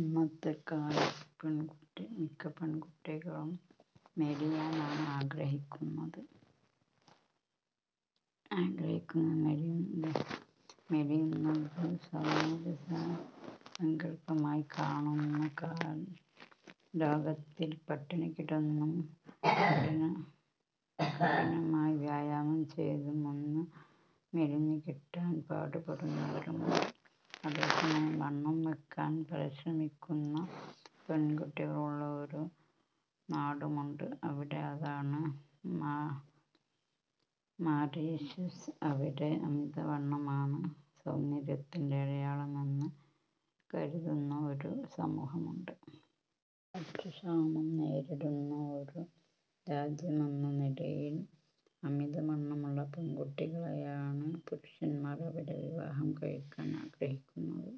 ഇന്നത്തെ കാലത്ത് മിക്ക പെൺകുട്ടികളും മെലിയാനാണ് ആഗ്രഹിക്കുന്നത്. മെലിയുന്നത് സൗന്ദര്യസങ്കല്പമായി കാണുന്ന ലോകത്തിൽ പട്ടിണി കിടന്നും കഠിനമായി വ്യായാമം ചെയ്തും ഒന്ന് മെലിഞ്ഞു കിട്ടാൻ പാടുപെടുന്നവരുമുണ്ട്. അതേസമയം വണ്ണം വയ്ക്കാൻ പരിശ്രമിക്കുന്ന പെൺകുട്ടികളുള്ള ഒരു നാടുമുണ്ട് ഇവിടെ. അതാണ് മൗറീഷ്യസ്. അവിടെ അമിതവണ്ണമാണ് സൗന്ദര്യത്തിൻ്റെ അടയാളമെന്ന് കരുതുന്ന ഒരു സമൂഹമുണ്ട്. ഭക്ഷ്യക്ഷാമം നേരിടുന്ന ഒരു രാജ്യമെന്ന നിലയിൽ അമിതവണ്ണമുള്ള പെൺകുട്ടികളെയാണ് പുരുഷന്മാർ അവിടെ വിവാഹം കഴിക്കാൻ ആഗ്രഹിക്കുന്നത്.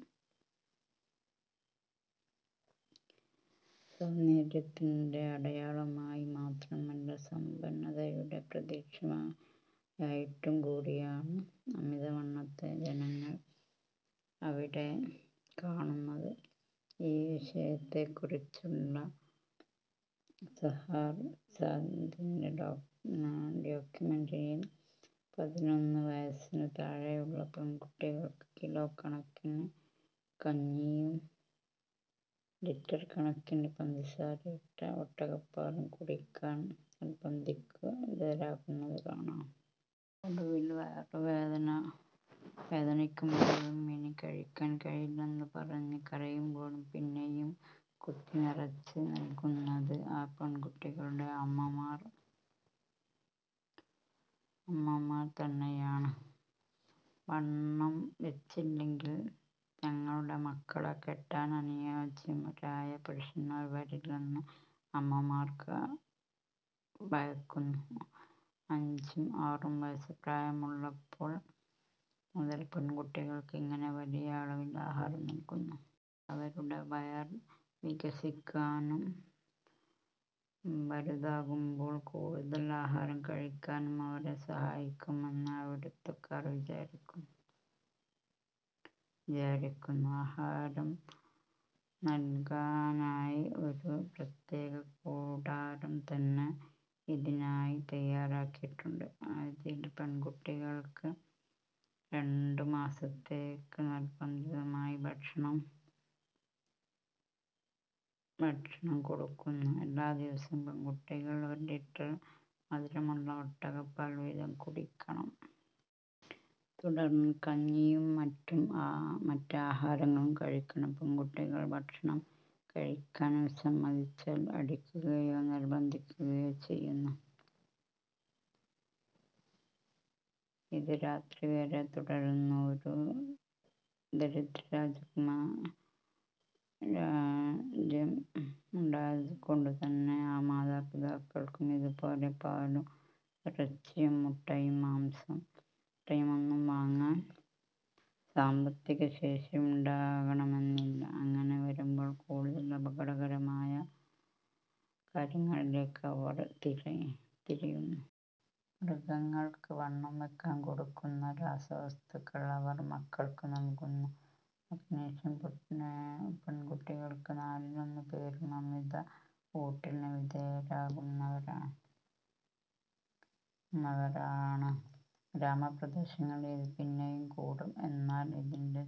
സൗന്ദര്യത്തിൻ്റെ അടയാളമായി മാത്രമല്ല, സമ്പന്നതയുടെ പ്രതീകമായിട്ടുകൂടിയാണ് അമിതവണ്ണത്തെ ജനങ്ങൾ അവിടെ കാണുന്നത്.ഈ വിഷയത്തെക്കുറിച്ചുള്ള സഹാർ സാന്ദിൻ്റെ ഡോക്യുമെന്ററിയിൽ പതിനൊന്ന് വയസ്സിന് താഴെയുള്ള പെൺകുട്ടികൾ കിലോക്കണക്കിന് കഞ്ഞിയും ലിറ്റർ കണക്കിന് പഞ്ചസാരയിട്ട ഒട്ടകപ്പാലും കുടിക്കാൻ നിർബന്ധിതരാകുന്നത് കാണാം. ഒടുവിൽ വയറുവേദനിക്കുമ്പോഴും ഇനി കഴിക്കാൻ കഴിയില്ലെന്ന് പറഞ്ഞ് കരയുമ്പോഴും പിന്നെയും കുത്തിനിറച്ച് നൽകുന്നത് ആ പെൺകുട്ടികളുടെ അമ്മമാർ തന്നെയാണ്. വണ്ണം വച്ചില്ലെങ്കിൽ തങ്ങളുടെ മക്കളെ കെട്ടാൻ അനുയോജ്യരായ പുരുഷന്മാർ വരില്ലെന്ന് അമ്മമാർ ഭയക്കുന്നു. അഞ്ചും ആറും വയസ്സ് പ്രായമുള്ളപ്പോൾ മുതൽ പെൺകുട്ടികൾക്ക് ഇങ്ങനെ വലിയ അളവിൽ ആഹാരം നൽകുന്നു. ഇത് അവരുടെ വയർ വികസിക്കാനും വലുതാകുമ്പോൾ കൂടുതൽ ആഹാരം കഴിക്കാനും അവരെ സഹായിക്കുമെന്ന് അവിടുത്തുകാർ വിചാരിക്കുന്നു. ആഹാരം നൽകാനായി ഒരു പ്രത്യേക കൂടാരം തന്നെ ഇതിനായി തയ്യാറാക്കിയിട്ടുണ്ട്. അതിൽ പെൺകുട്ടികൾക്ക് രണ്ടുമാസത്തേക്ക് നിർബന്ധിതമായി ഭക്ഷണം കൊടുക്കുന്നു. എല്ലാ ദിവസവും പെൺകുട്ടികൾ ഒരു ലിറ്റർ മധുരമുള്ള ഒട്ടകപ്പാൽ വീതം കുടിക്കണം. തുടർന്ന് കഞ്ഞിയും മറ്റ് ആഹാരങ്ങളും കഴിക്കണം. പെൺകുട്ടികൾ ഭക്ഷണം കഴിക്കാൻ വിസമ്മതിച്ചാൽ അടിക്കുകയോ നിർബന്ധിക്കുകയോ ചെയ്യുന്നു. ഇത് രാത്രി വരെ തുടരുന്നു. ഒരു ദരിദ്രരാജ്യമായതുകൊണ്ടുതന്നെ എല്ലാ മാതാപിതാക്കൾക്കും ഇതുപോലെ പാലും ഇറച്ചിയും മുട്ടയുമൊന്നും വാങ്ങാൻ സാമ്പത്തിക ശേഷിയുണ്ടാകണമെന്നില്ല. അങ്ങനെ വരുമ്പോൾ കൂടുതൽ അപകടകരമായ കാര്യങ്ങളിലേയ്ക്ക് അവർ തിരിയുന്നു. മൃഗങ്ങൾക്ക് വണ്ണം വയ്ക്കാൻ കൊടുക്കുന്ന രാസവസ്തുക്കൾ അവർ മക്കൾക്ക് നൽകുന്നു. മൗറീഷ്യൻ പെൺകുട്ടികളിൽ നാലിലൊന്ന് പേരും അമിത ഊട്ടലിന് വിധേയമാകുന്നവരാണ്. ഗ്രാമപ്രദേശങ്ങളിൽ ഇത് പിന്നെയും കൂടും. എന്നാൽ ഇതിൻ്റെ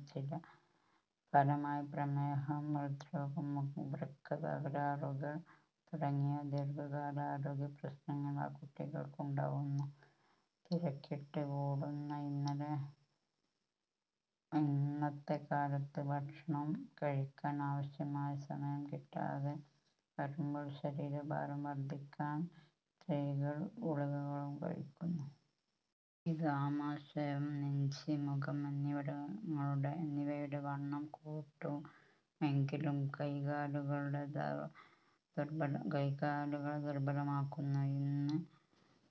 ഫലമായി പ്രമേഹം, ഹൃദ്രോഗം, വൃക്ക തകരാറുകൾ തുടങ്ങിയ ദീർഘകാല ആരോഗ്യപ്രശ്നങ്ങൾ ആ കുട്ടികൾക്ക് ഉണ്ടാകുന്നു. തിരക്കിട്ട് ഓടുന്ന ഇന്നത്തെ കാലത്ത് ഭക്ഷണം കഴിക്കാൻ ആവശ്യമായ സമയം കിട്ടാതെ വരുമ്പോൾ ശരീരഭാരം വർദ്ധിപ്പിക്കാൻ സ്ത്രീകൾ ഗുളികകളും കഴിക്കുന്നു. ഇത് ആമാശയം, നെഞ്ച്, മുഖം എന്നിവയുടെ വണ്ണം കൂട്ടുമെങ്കിലും കൈകാലുകളെ ദുർബലമാക്കുന്നു. ഇന്ന്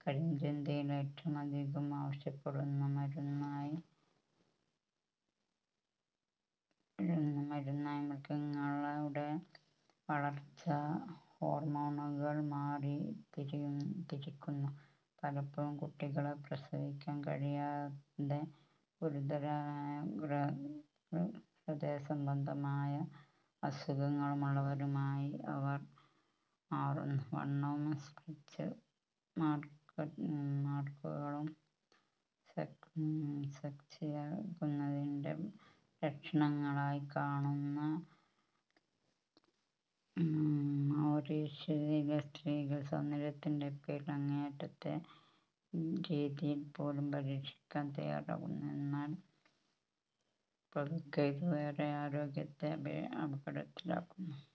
കരിഞ്ചന്തയിൽ ഏറ്റവുമധികം ആവശ്യപ്പെടുന്ന മരുന്നായി മൃഗങ്ങളുടെ വളർച്ചാ ഹോർമോണുകൾ മാറിയിരിക്കുന്നു. പലപ്പോഴും കുട്ടികളെ പ്രസവിക്കാൻ കഴിയാതെ ഗുരുതരമായ ഹൃദയസംബന്ധമായ അസുഖങ്ങളുള്ളവരായി അവർ മാറുന്നു. വണ്ണവും സ്ട്രെച്ച് മാർക്കുകളും സെക്സിയാകുന്നതിൻ്റെ ലക്ഷണങ്ങളായി കാണുന്ന മൗറീഷ്യസിലെ സ്ത്രീകൾ സൗന്ദര്യത്തിൻ്റെ പേരിൽ അങ്ങേയറ്റത്തെ രീതികൾ പോലും പരീക്ഷിക്കാൻ തയ്യാറാകുന്നു. എന്നാൽ പതുക്കെ ഇതവരുടെ ആരോഗ്യത്തെ അപകടത്തിലാക്കുന്നു.